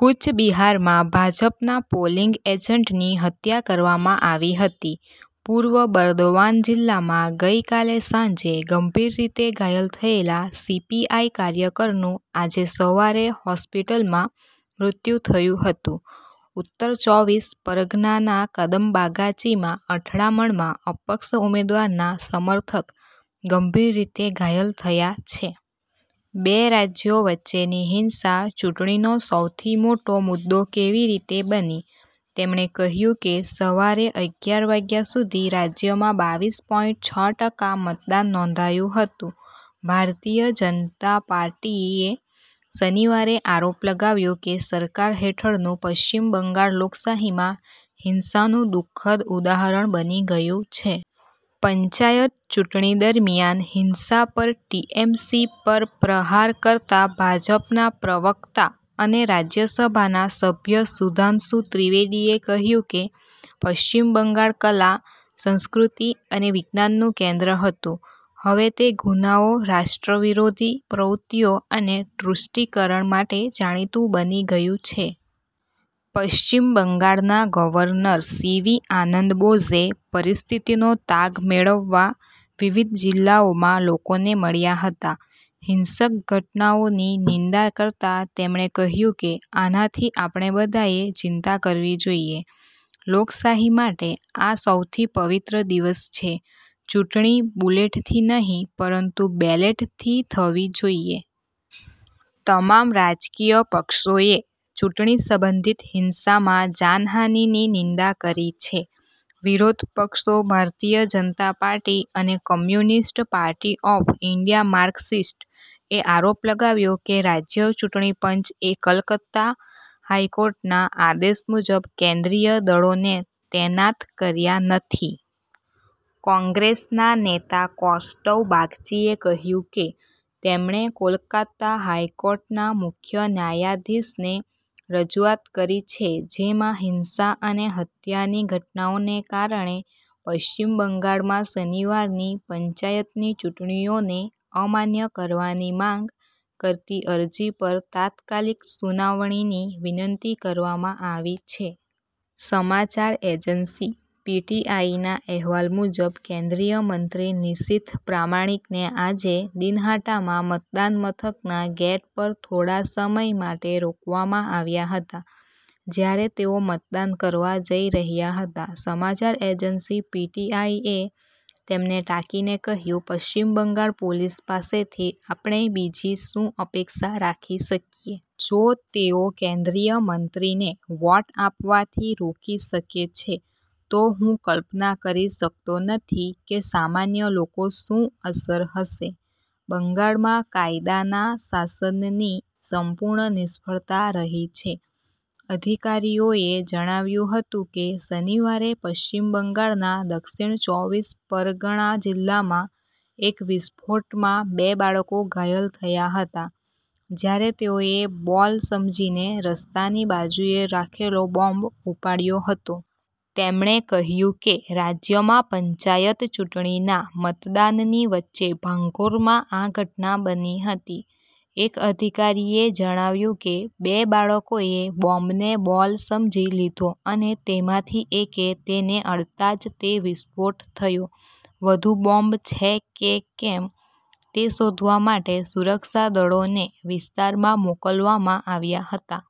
કૂચ બિહારમાં ભાજપના પોલિંગ એજન્ટની હત્યા કરવામાં આવી હતી. પૂર્વ બર્દવાન જિલ્લામાં ગઈકાલે સાંજે ગંભીર રીતે ઘાયલ થયેલા સીપીઆઈ કાર્યકરનું આજે સવારે હોસ્પિટલમાં મૃત્યુ થયું હતું. ઉત્તર ચોવીસ પરગનાના કદમબાગાચીમાં અથડામણમાં અપક્ષ ઉમેદવારના સમર્થક ગંભીર રીતે ઘાયલ થયા છે. બે રાજ્યો વચ્ચેની હિંસા ચૂંટણીનો સૌથી મોટો મુદ્દો કેવી રીતે બની? તેમણે કહ્યું કે, સવારે અગિયાર વાગ્યા સુધી રાજ્યમાં બાવીસ પોઈંટ છ ટકા મતદાન નોંધાયું હતું. ભારતીય જનતા પાર્ટીએ શનિવારે આરોપ લગાવ્યો કે, સરકાર હેઠળનું પશ્ચિમ બંગાળ લોકશાહીમાં હિંસાનું દુઃખદ ઉદાહરણ બની ગયું છે. પંચાયત ચૂંટણી દરમિયાન હિંસા પર ટીએમસી પર પ્રહાર કરતા ભાજપના પ્રવક્તા અને રાજ્યસભાના સભ્ય સુધાંશુ ત્રિવેદીએ કહ્યું કે, પશ્ચિમ બંગાળ કલા, સંસ્કૃતિ અને વિજ્ઞાનનું કેન્દ્ર હતું. હવે તે ગુનાઓ, રાષ્ટ્રવિરોધી પ્રવૃત્તિઓ અને તુષ્ટિકરણ માટે જાણીતુ બની ગયું છે. પશ્ચિમ બંગાળના ગવર્નર સીવી આનંદ બોઝે પરિસ્થિતિનો તાગ મેળવવા વિવિધ જિલ્લાઓમાં લોકોને મળ્યા હતા. હિંસક ઘટનાઓની નિંદા કરતા તેમણે કહ્યું કે, આનાથી આપણે બધાએ ચિંતા કરવી જોઈએ. લોકશાહી માટે આ સૌથી પવિત્ર દિવસ છે, ચૂંટણી બુલેટથી નહીં પરંતુ બેલેટથી થવી જોઈએ. તમામ રાજકીય પક્ષોએ ચૂંટણી સંબંધિત હિંસામાં જાનહાનિની નિંદા કરી છે. વિરોધ પક્ષો ભારતીય જનતા પાર્ટી અને કમ્યુનિસ્ટ પાર્ટી ઓફ ઈન્ડિયા-માર્કસિસ્ટ એ આરોપ લગાવ્યો કે, રાજ્ય ચૂંટણી પંચ એ કલકત્તા હાઈકોર્ટના આદેશ મુજબ કેન્દ્રીય દળોને તૈનાત કર્યા નથી. કોંગ્રેસના નેતા કૌસ્તવ બાગચીએ કહ્યું કે, તેમણે કોલકાતા હાઈકોર્ટના મુખ્ય ન્યાયાધીશને રજૂઆત કરી છે, જેમાં હિંસા અને હત્યાની ઘટનાઓને કારણે પશ્ચિમ બંગાળમાં શનિવારની પંચાયતની ચૂંટણીઓને અમાન્ય કરવાની માંગ કરતી અરજી પર તાત્કાલિક સુનાવણીની વિનંતી કરવામાં આવી છે. સમાચાર એજન્સી પીટીઆઈના અહેવાલ મુજબ કેન્દ્રીય મંત્રી નિશીથ પ્રામાણિકને આજે દિનહાટામાં મતદાન મથકના ગેટ પર થોડા સમય માટે રોકવામાં આવ્યા હતા, જ્યારે તેઓ મતદાન કરવા જઈ રહ્યા હતા. સમાચાર એજન્સી પીટીઆઈએ તેમને ટાંકીને કહ્યું, "પશ્ચિમ બંગાળ પોલીસ પાસેથી આપણે બીજી શું અપેક્ષા રાખી શકીએ? જો તેઓ કેન્દ્રીય મંત્રીને વોટ આપવાથી રોકી શકે છે, તો હું કલ્પના કરી શકતો નથી કે સામાન્ય લોકો શું અસર હશે. બંગાળમાં કાયદાના શાસનની સંપૂર્ણ નિષ્ફળતા રહી છે. અધિકારીઓએ જણાવ્યું હતું કે, શનિવારે પશ્ચિમ બંગાળના દક્ષિણ ચોવીસ પરગણા જિલ્લામાં એક વિસ્ફોટમાં બે બાળકો ઘાયલ થયા હતા, જ્યારે તેઓએ બોલ સમજીને રસ્તાની બાજુએ રાખેલો બોમ્બ ઉપાડ્યો હતો. તેમણે કહ્યું કે, રાજ્યમાં પંચાયત ચૂંટણીના મતદાનની વચ્ચે ભાંગોરમાં આ ઘટના બની હતી. એક અધિકારીએ જણાવ્યું કે, બે બાળકોએ બોમ્બને બોલ સમજી લીધો અને તેમાંથી એકે તેને અડતા જ તે વિસ્ફોટ થયો. વધુ બોમ્બ છે કે કેમ, તે શોધવા માટે સુરક્ષા દળોને વિસ્તારમાં મોકલવામાં આવ્યા હતા.